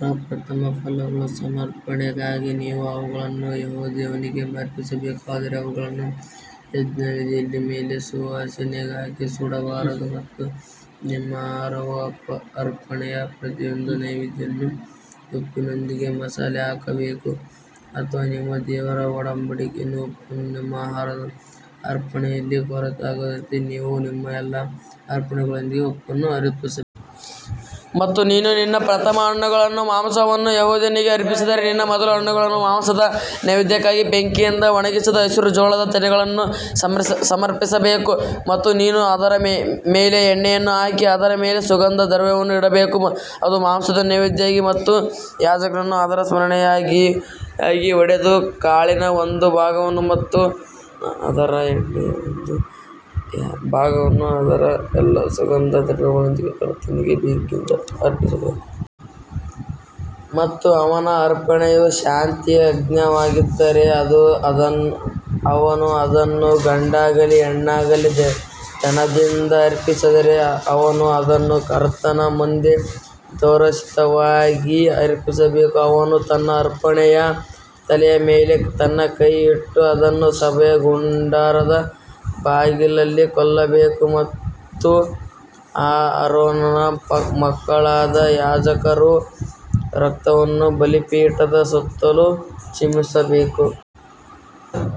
ಪ್ರಪ್ರಥಮ ಫಲಗಳ ಸಮರ್ಪಣೆಗಾಗಿ ನೀವು ಅವುಗಳನ್ನು ಯೆಹೋವನಿಗೆ ಅರ್ಪಿಸಬೇಕು ಆದರೆ ಅವುಗಳನ್ನು ಯಜ್ಞವೇದಿಯ ಮೇಲೆ ಸುವಾಸನೆಗಾಗಿ ಸುಡಬಾರದು. ಮತ್ತು ನಿಮ್ಮ ಆಹಾರದ ಅರ್ಪಣೆಯ ಪ್ರತಿಯೊಂದು ನೈವೇದ್ಯವನ್ನು ಉಪ್ಪಿನೊಂದಿಗೆ ಮಸಾಲೆ ಹಾಕಬೇಕು ಅಥವಾ ನಿಮ್ಮ ದೇವರ ಒಡಂಬಡಿಕೆಯ ಉಪ್ಪನ್ನು ನಿಮ್ಮ ಆಹಾರದ ಅರ್ಪಣೆಯಲ್ಲಿ ಕೊರತೆಯಾಗದಂತೆ ನೀವು ನಿಮ್ಮ ಎಲ್ಲಾ ಅರ್ಪಣೆಗಳೊಂದಿಗೆ ಉಪ್ಪನ್ನು ಅರ್ಪಿಸಬೇಕು. ಮತ್ತು ನೀನು ನಿನ್ನ ಪ್ರಥಮ ಹಣ್ಣುಗಳ ಮಾಂಸವನ್ನು ಯೆಹೋವನಿಗೆ ಅರ್ಪಿಸಿದರೆ, ನಿನ್ನ ಮೊದಲ ಹಣ್ಣುಗಳ ಮಾಂಸದ ನೈವೇದ್ಯಕ್ಕಾಗಿ ಬೆಂಕಿಯಿಂದ ಒಣಗಿದ ಹಸಿರು ಜೋಳದ ತೆನೆಗಳನ್ನು ಸಮರ್ಪಿಸಬೇಕು. ಮತ್ತು ನೀನು ಅದರ ಮೇಲೆ ಎಣ್ಣೆಯನ್ನು ಹಾಕಿ ಅದರ ಮೇಲೆ ಸುಗಂಧ ದ್ರವ್ಯವನ್ನು ಇಡಬೇಕು ಅದು ಮಾಂಸದ ನೈವೇದ್ಯವಾಗಿದೆ ಮತ್ತು ಯಾಜಕನು ಅದರ ಸ್ಮರಣಾರ್ಥವಾಗಿ ಹೊಡೆದ ಕಾಳಿನ ಒಂದು ಭಾಗವನ್ನು ಮತ್ತು ಅದರ ಎಣ್ಣೆಯ ಒಂದು ಭಾಗವನ್ನು ಅದರ ಎಲ್ಲಾ ಸುಗಂಧ ದ್ರವ್ಯಗಳೊಂದಿಗೆ ಕರ್ತನಿಗೆ ಬೆಂಕಿಯಿಂದ ಅರ್ಪಿಸಬೇಕು. ಮತ್ತು ಅವನ ಅರ್ಪಣೆಯು ಶಾಂತಿಯ ಯಜ್ಞವಾಗಿದ್ದರೆ ಅವನು ಅದನ್ನು ಗಂಡಾಗಲಿ ಹೆಣ್ಣಾಗಲಿ ದನದಿಂದ ಅರ್ಪಿಸಿದರೆ ಅವನು ಅದನ್ನು ಕರ್ತನ ಮುಂದೆ ದೋಷರಹಿತವಾಗಿ ಅರ್ಪಿಸಬೇಕು. ಅವನು ತನ್ನ ಅರ್ಪಣೆಯ ತಲೆಯ ಮೇಲೆ ತನ್ನ ಕೈಯನ್ನು ಇಟ್ಟು ಅದನ್ನು ಸಭೆಯ ಗುಡಾರದ ಬಾಗಿಲಲ್ಲಿ ಕೊಲ್ಲಬೇಕು ಮತ್ತು ಆರೋನನ ಮಕ್ಕಳಾದ ಯಾಜಕರು ರಕ್ತವನ್ನು ಬಲಿಪೀಠದ ಸುತ್ತಲೂ ಚಿಮುಕಿಸಬೇಕು.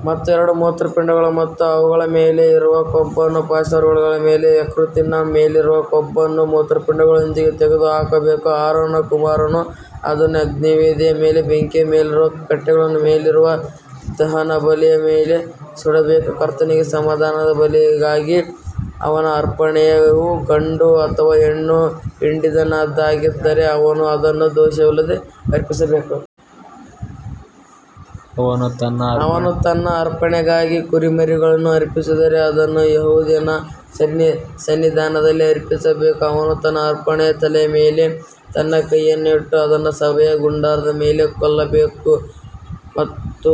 ಮತ್ತು ಎರಡು ಮೂತ್ರಪಿಂಡಗಳು ಮತ್ತು ಅವುಗಳ ಮೇಲೆ ಇರುವ ಕೊಬ್ಬನ್ನು ಪಾರ್ಶ್ವಗಳಲ್ಲಿ ಮತ್ತು ಯಕೃತ್ತಿನ ಮೇಲಿರುವ ಕೊಬ್ಬನ್ನು ಮೂತ್ರಪಿಂಡಗಳೊಂದಿಗೆ ತೆಗೆದುಹಾಕಬೇಕು. ಆರೋನನ ಕುಮಾರರು ಅದನ್ನು ಯಜ್ಞವೇದಿಯ ಮೇಲೆ ಬೆಂಕಿಯ ಮೇಲಿರುವ ಕಟ್ಟಿಗೆಯ ಮೇಲಿರುವ ದಹನಬಲಿಯ ಮೇಲೆ ಸುಡಬೇಕು. ಕರ್ತನಿಗೆ ಸಮಾಧಾನದ ಬಲಿಗಾಗಿ ಅವನ ಅರ್ಪಣೆಯು ಗಂಡು ಅಥವಾ ಹೆಣ್ಣು ಹಿಂಡಿನದ್ದಾಗಿದ್ದರೆ ಅವನು ಅದನ್ನು ದೋಷವಿಲ್ಲದೆ ಅರ್ಪಿಸಬೇಕು. ಅವನು ತನ್ನ ಅರ್ಪಣೆಗಾಗಿ ಕುರಿಮರಿಯನ್ನು ಅರ್ಪಿಸಿದರೆ ಅದನ್ನು ಯೆಹೋವನ ಸನ್ನಿಧಿಯಲ್ಲಿ ಅರ್ಪಿಸಬೇಕು ಅವನು ತನ್ನ ಅರ್ಪಣೆಯ ತಲೆಯ ಮೇಲೆ ತನ್ನ ಕೈಯನ್ನು ಇಟ್ಟು ಅದನ್ನು ಸಭೆಯ ಗುಡಾರದ ಮುಂದೆ ಕೊಲ್ಲಬೇಕು ಮತ್ತು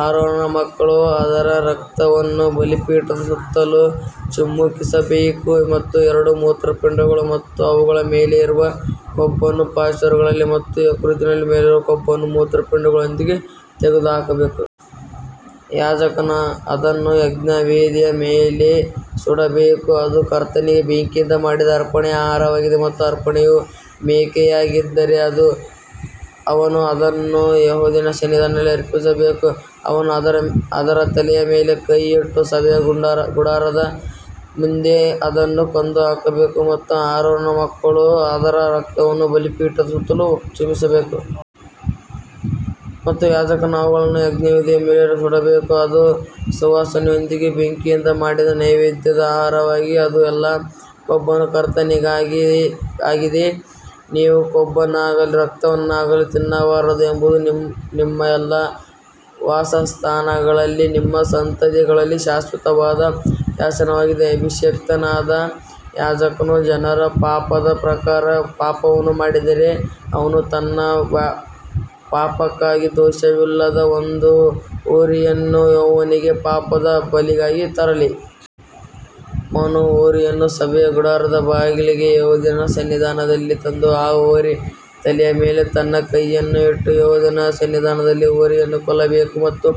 ಆರೋನನ ಮಕ್ಕಳು ಅದರ ರಕ್ತವನ್ನು ಬಲಿಪೀಠದ ಸುತ್ತಲೂ ಚಿಮುಕಿಸಬೇಕು. ಮತ್ತು ಎರಡು ಮೂತ್ರಪಿಂಡಗಳು ಮತ್ತು ಅವುಗಳ ಮೇಲೆ ಇರುವ ಕೊಬ್ಬನ್ನು ಪಾರ್ಶ್ವಗಳಲ್ಲಿ ಮತ್ತು ಯಕೃತ್ತಿನ ಮೇಲಿರುವ ಕೊಬ್ಬನ್ನು ಮೂತ್ರಪಿಂಡಗಳೊಂದಿಗೆ ತೆಗೆದುಹಾಕಬೇಕು. ಯಾಜಕನು ಅದನ್ನು ಯಜ್ಞವೇದಿಯ ಮೇಲೆ ಸುಡಬೇಕು ಅದು ಕರ್ತನಿಗೆ ಬೆಂಕಿಯಿಂದ ಮಾಡಿದ ಅರ್ಪಣೆಯ ಆಹಾರವಾಗಿದೆ. ಅವನ ಅರ್ಪಣೆಯು ಮೇಕೆಯಾಗಿದ್ದರೆ ಅವನು ಅದನ್ನು ಯೆಹೋವನ ಸನ್ನಿಧಿಯಲ್ಲಿ ಅರ್ಪಿಸಬೇಕು ಅವನು ಅದರ ತಲೆಯ ಮೇಲೆ ಕೈಯಿಟ್ಟು ಸಭೆಯ ಗುಡಾರದ ಮುಂದೆ ಅದನ್ನು ಕೊಂದು ಹಾಕಬೇಕು ಮತ್ತು ಆರೋನನ ಮಕ್ಕಳು ಅದರ ರಕ್ತವನ್ನು ಬಲಿಪೀಠದ ಸುತ್ತಲೂ ಚಿಮುಕಿಸಬೇಕು. ಮತ್ತು ಯಾಜಕನು ಅವುಗಳನ್ನು ಯಜ್ಞವೇದಿಯ ಮೇಲೆ ಸುಡಬೇಕು, ಅದು ಸುವಾಸನೆಗಾಗಿ ಬೆಂಕಿಯಿಂದ ಮಾಡಿದ ನೈವೇದ್ಯದ ಆಹಾರವಾಗಿದೆ, ಅದು ಎಲ್ಲಾ ಕೊಬ್ಬನ್ನು ಕರ್ತನಾಗಿದೆ. ನೀವು ಕೊಬ್ಬನ್ನಾಗಲಿ ರಕ್ತವನ್ನಾಗಲಿ ತಿನ್ನಬಾರದು ಎಂಬುದು ನಿಮ್ಮ ಎಲ್ಲಾ ವಾಸಸ್ಥಾನಗಳಲ್ಲಿ ನಿಮ್ಮ ಸಂತತಿಗಳಿಗೆ ಶಾಶ್ವತವಾದ ಶಾಸನವಾಗಿದೆ. ಅಭಿಷಿಕ್ತನಾದ ಯಾಜಕನು ಜನರ ಪಾಪದ ಪ್ರಕಾರ ಪಾಪವನ್ನು ಮಾಡಿದರೆ ಅವನು ತನ್ನ ಪಾಪಕ್ಕಾಗಿ ದೋಷವಿಲ್ಲದ ಒಂದು ಹೋರಿಯನ್ನು ಯೆಹೋವನಿಗೆ ಪಾಪದ ಬಲಿಗಾಗಿ ತರಲಿ. ಅವನು ಹೋರಿಯನ್ನು ಸಭೆಯ ಗುಡಾರದ ಬಾಗಿಲಿಗೆ ಯೆಹೋವನ ಸನ್ನಿಧಿಯಲ್ಲಿ ತಂದು ಆ ಹೋರಿಗಳ ತಲೆಯ ಮೇಲೆ ತನ್ನ ಕೈಯನ್ನು ಇಟ್ಟು ಯೆಹೋವನ ಸನ್ನಿಧಿಯಲ್ಲಿ ಹೋರಿಯನ್ನು ಕೊಲ್ಲಬೇಕು. ಮತ್ತು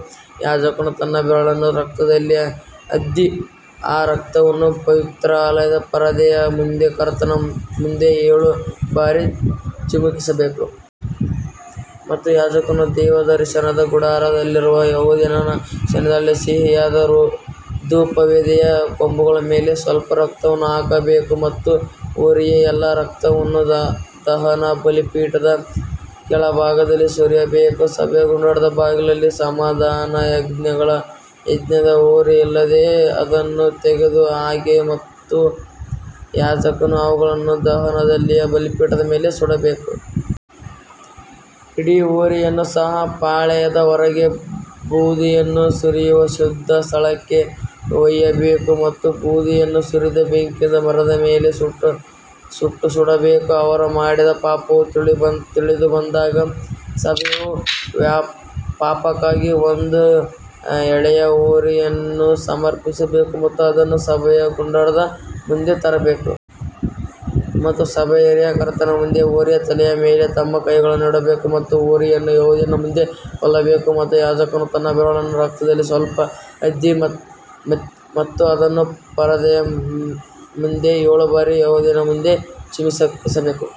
ಯಾಜಕನು ತನ್ನ ಬೆರಳನ್ನು ರಕ್ತದಲ್ಲಿ ಅದ್ದಿ ಆ ರಕ್ತವನ್ನು ಪವಿತ್ರಾಲಯದ ಪರದೆಯ ಮುಂದೆ ಕರ್ತನ ಮುಂದೆ ಏಳು ಬಾರಿ ಚಿಮುಕಿಸಬೇಕು. ಮತ್ತು ಯಾಜಕನು ದೇವದರ್ಶನದ ಗುಡಾರದಲ್ಲಿರುವ ಯೆಹೋವನ ಸನ್ನಿಧಿಯಲ್ಲಿ ಸಿಹಿಯಾದ ಧೂಪವೇದಿಯ ಕೊಂಬುಗಳ ಮೇಲೆ ಸ್ವಲ್ಪ ರಕ್ತವನ್ನು ಹಾಕಬೇಕು ಮತ್ತು ಹೋರಿಯ ಎಲ್ಲಾ ರಕ್ತವನ್ನು ದಹನ ಬಲಿಪೀಠದ ಕೆಳಭಾಗದಲ್ಲಿ ಸುರಿಯಬೇಕು. ಸಭೆಯ ಗುಡಾರದ ಬಾಗಿಲಲ್ಲಿ ಸಮಾಧಾನಯಜ್ಞಗಳ ಯಜ್ಞದ ಹೋರಿಯಿಂದ ಅದನ್ನು ತೆಗೆದ ಹಾಗೆ ಮತ್ತು ಯಾಜಕನು ಅವುಗಳನ್ನು ದಹನಬಲಿಯ ಬಲಿಪೀಠದ ಮೇಲೆ ಸುಡಬೇಕು. ಇಡೀ ಹೋರಿಯನ್ನು ಸಹ ಪಾಳೆಯದ ಹೊರಗೆ ಬೂದಿಯನ್ನು ಸುರಿಯುವ ಶುದ್ಧ ಸ್ಥಳಕ್ಕೆ ಒಯ್ಯಬೇಕು ಮತ್ತು ಬೂದಿಯನ್ನು ಸುರಿದು ಬೆಂಕಿಯಿಂದ ಮರದ ಮೇಲೆ ಸುಟ್ಟು ಸುಡಬೇಕು. ಅವರು ಮಾಡಿದ ಪಾಪವು ತಿಳಿದುಬಂದಾಗ ಸಭೆಯು ಪಾಪಕ್ಕಾಗಿ ಒಂದು ಎಳೆಯ ಹೋರಿಯನ್ನು ಸಮರ್ಪಿಸಬೇಕು ಮತ್ತು ಅದನ್ನು ಸಭೆಯ ಗುಡಾರದ ಮುಂದೆ ತರಬೇಕು. ಮತ್ತು ಸಭೆಯ ಹಿರಿಯರು ಕರ್ತನ ಮುಂದೆ ಹೋರಿಯ ತಲೆಯ ಮೇಲೆ ತಮ್ಮ ಕೈಗಳನ್ನು ಇಡಬೇಕು ಮತ್ತು ಹೋರಿಯನ್ನು ಯೆಹೋವನ ಮುಂದೆ ಕೊಲ್ಲಬೇಕು. ಮತ್ತು ಯಾಜಕನು ತನ್ನ ಬೆರಳನ್ನು ರಕ್ತದಲ್ಲಿ ಸ್ವಲ್ಪ ಅದ್ದಿ ಮತ್ತು ಅದನ್ನು ಪರದೆಯ ಮುಂದೆ ಏಳು ಬಾರಿ ಯೆಹೋವನ ಮುಂದೆ ಚಿಮುಕಿಸಬೇಕು.